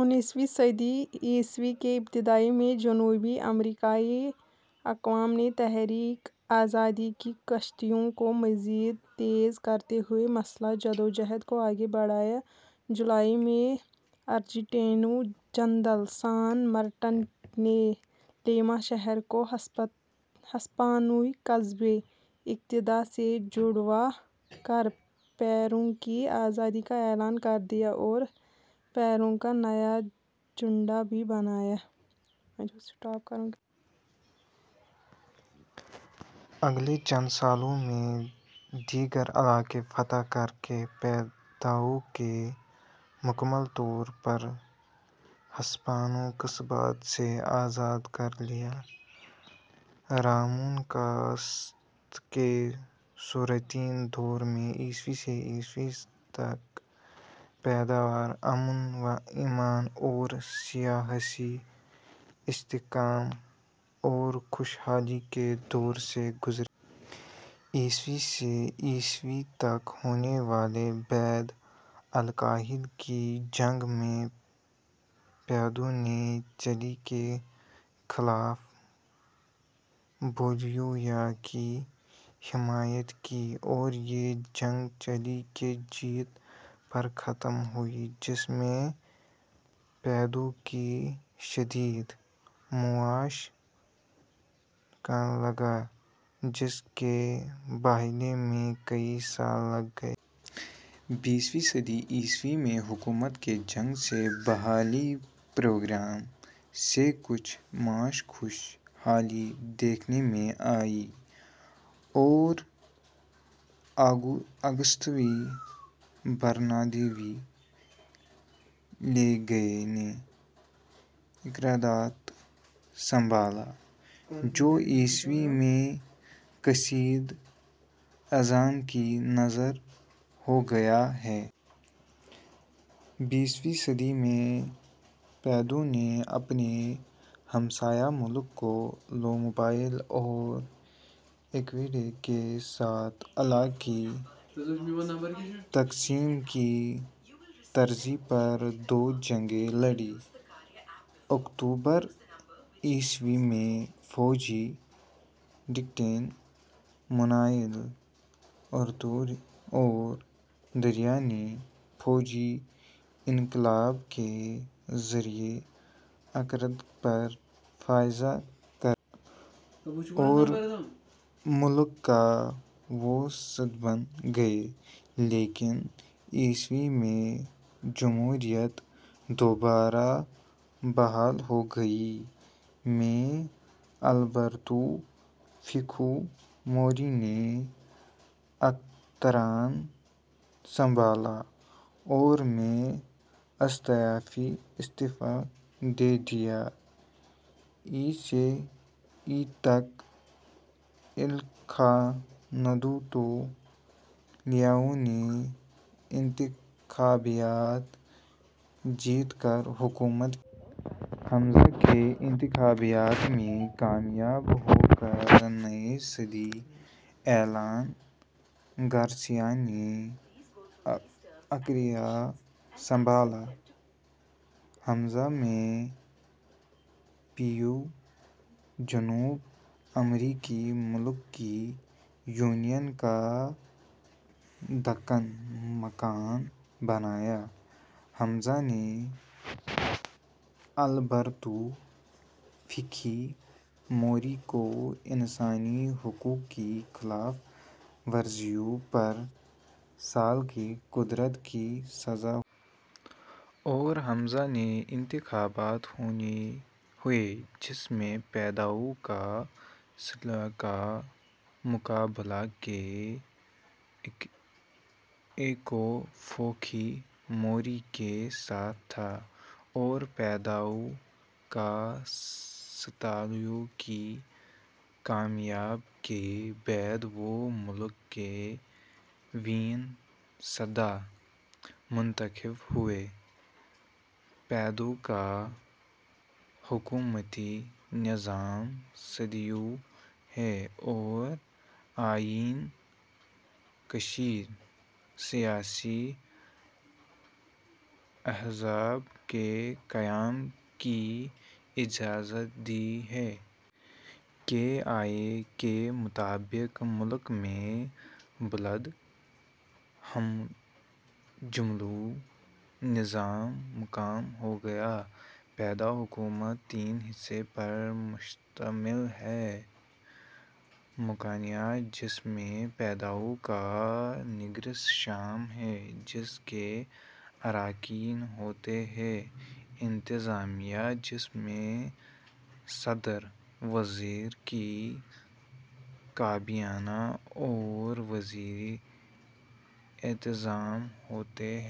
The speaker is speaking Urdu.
انیسویں صدی عیسوی کے ابتدا میں جنوبی امریکائی اقوام نے تحریک آزادی کی کوششوں کو مزید تیز کرتے ہوئے مسلح جدوجہد کو آگے بڑھایا۔ جولائی میں ارجنٹینی جنرل سان مارٹن نے لیما شہر کو ہسپانوی قبضہ اقتدار سے چھڑوا کر پیرو کی آزادی کا اعلان کر دیا اور پیرو کا نیا جھنڈا بھی بنایا۔ اگلے چند سالوں میں دیگر علاقے فتح کر کے پیرو کو مکمل طور پر ہسپانوی قبضہ سے آزاد کر لیا۔ رامون کاستلیا کے صدراتی دور میں عیسوی سے عیسوی تک پیرو امن وامان اور سیاسی استحکام اور خوش حالی کے دور سے گذرا۔ عیسوی سے عیسوی تک ہونے والی بحرالکاہل کی جنگ میں پیرو نے چلی کے خلاف بولیویا کی حمایت کی۔ اور یہ جنگ چلی کی جیت پر ختم ہوئی۔ جس میں پیرو کی شدید معاشی دھچکا لگا جس کی بحالی میں کئی سال لگ گئے۔ بیسوی صدی عیسوی میں حکومت کے جنگ سے بحالی پروگرام سے کچھ معاشی خوش حالی دیکھنے میں آئی اور آگوستو برناردینو لیگیا نے اقتدار سنبھالا۔ جو عیسوی میں کساد عظیم کی نظر ہو گیا۔ بیسوی صدی میں پیرو نے اپنے ہمسایہ ملک کولومبیا اور ایکواڈور کے ساتھ علاقائی تقسیم کی تنازع پر دو جنگیں لڑیں۔ اکتوبر عیسوی میں فوجی ڈکٹیٹر مینوئل ارتورو اودریا نے فوجی انقلاب کے ذریعے اقتدار پر قبضہ کر لیا۔ اور ملک کا ویں صدر بن گیا۔ لیکن عیسوی میں جمہوریت دوبارہ بحال ہو گئی۔ میں البرتو فوخی موری نے اقتدار سنبھالا اور میں استعفی دے دیا۔ ء سے ء تک آلخاندرو تولیدو نے انتخابات جیت کر حکومت کی۔ ء کے انتخابات میں کامیاب ہو کر نئے صدر آلان گارسیا نے اقتدار سنبھالا۔ ء میں پیرو جنوب امریکی ممالک کی یونین کا رکن ملک بنا۔ ء میں البرتو فوخی موری کو انسانی حقوق کی خلاف ورزیوں پر سال کی قید کی سزا ہوئی۔ اور ء میں انتخابات ہوئے جس میں پیدرو کاستیلیو کا مقابلہ کے ایکو فوخی موری کے ساتھ تھا۔ اور پیدرو کاستیلیو کی کامیاب کے بعد وہ ملک کے ویں صدر منتخب ہوئے۔ پیرو کا حکومتی نظام صدارتی ہے اور آئین کثیر سیاسی احزاب کے قیام کی اجازت دیتا ہے۔ کے آئین کے مطابق ملک میں لبرل جمہوری نظام قائم ہوگا۔ پیرو حکومت تین حصے پر مشتمل ہے۔ ۔ مقننہ جس میں پیرو کانگرس شامل ہے جس کے اراکین ہوتے ہیں۔ ۔ انتظامیہ ، جس میں صدر، وزراء کی کابینہ اور وزیر اعظم ہوتے ہیں۔